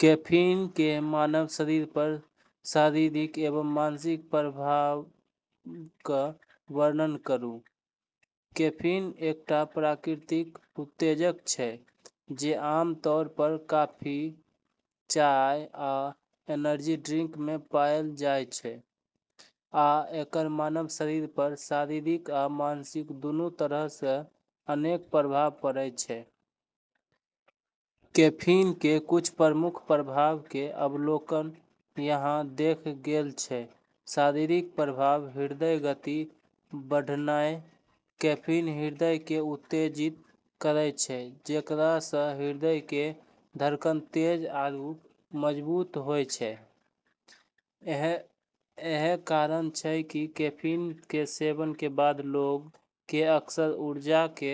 Caffeine के मानव शरीर पर शारीरिक एवं मानसिक प्रभावक वर्णन करू। कैफीन एकटा प्राकृतिक उत्तेजक छै जे आमतौर पर कॉफी, चाय, आ एनर्जी ड्रिंक मे पाएल जाइत छै, आ एकर मानव शरीर पर शारीरिक आ मानसिक दूनू तरह सँ अनेक प्रभाव पड़य सकय छै। कैफीन के कुछ प्रमुख प्रभाव के अवलोकन यहाँ देल गेल छै: शारीरिक प्रभाव: हृदय गति बढ़नाइ: कैफीन हृदय के उत्तेजित करै छै, जेकरा सँ हृदय के धड़कन तेज आरू मजबूत होय छै। इएह कारण छै कि कैफीन के सेवन के बाद लोग के अक्सर ऊर्जा के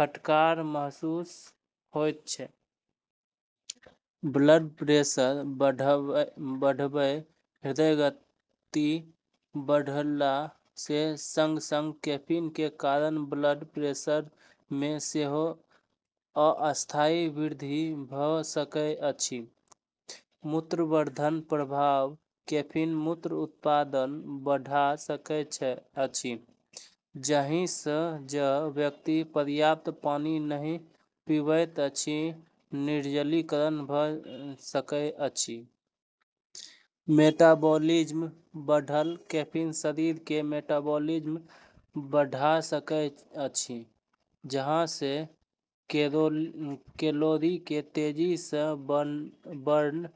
फटकार महसूस होइत छै। ब्लड प्रेशर बढ़ब: हृदय गति बढ़ला के संग-संग कैफीन के कारण ब्लड प्रेशर मे सेहो अस्थायी वृद्धि भऽ सकैत अछि। मूत्रवर्धक प्रभाव: कैफीन मूत्र उत्पादन बढ़ा सकैत अछि, जाहि सँ जँ व्यक्ति पर्याप्त पानी नहि पीबैत अछि तँ निर्जलीकरण भ' सकैत अछि। मेटाबॉलिज्म बढ़ल: कैफीन शरीर के मेटाबॉलिज्म बढ़ा सकैत अछि, जाहि सँ ओ कैलोरी के तेजी सँ बर्न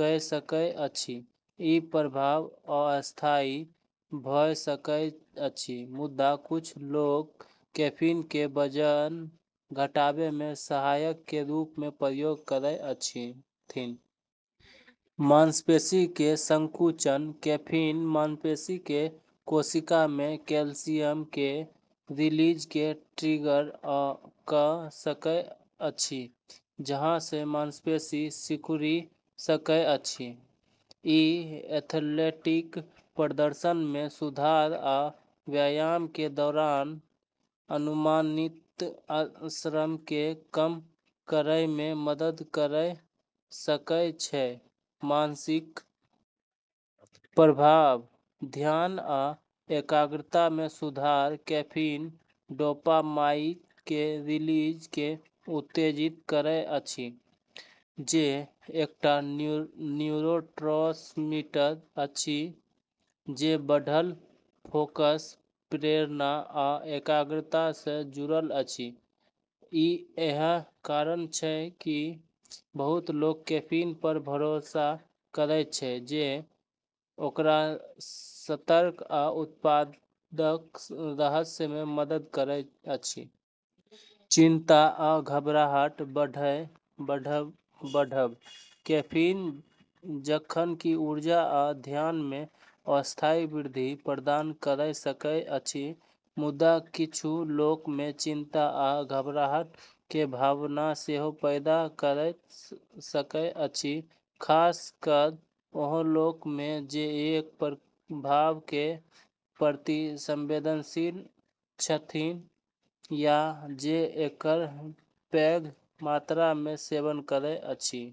कऽ सकैत अछि। ई प्रभाव अस्थायी भऽ सकैत अछि, मुदा किछु लोक कैफीन के वजन घटबै मे सहायक के रूप मे प्रयोग करैत छथि। मांसपेशी के संकुचन: कैफीन मांसपेशी के कोशिका मे कैल्शियम के रिलीज के ट्रिगर कऽ सकैत अछि, जाहि सँ मांसपेशी सिकुड़ि सकैत अछि। ई एथलेटिक प्रदर्शन मे सुधार आ व्यायाम के दौरान अनुमानित श्रम के कम करय मे मदद कऽ सकय छै। मानसिक प्रभाव: ध्यान आ एकाग्रता मे सुधार: कैफीन डोपामाइन के रिलीज के उत्तेजित करैत अछि, जे एकटा न्यूरोट्रांसमीटर अछि जे बढ़ल फोकस, प्रेरणा, आ एकाग्रता सँ जुड़ल अछि। इएह कारण छै कि बहुत लोक कैफीन पर भरोसा करैत छै जे ओकरा सतर्क आ उत्पादक रहय मे मदद करैत अछि। चिंता आ घबराहट बढ़ब: कैफीन जखन कि ऊर्जा आ ध्यान मे अस्थायी वृद्धि प्रदान कऽ सकैत अछि, मुदा किछु लोक मे चिंता आ घबराहट के भावना सेहो पैदा कऽ सकैत अछि, खास कऽ ओहि लोक मे जे एकर प्रभाव के प्रति संवेदनशील छथि या जे एकर पैघ मात्रा मे सेवन करैत छथि।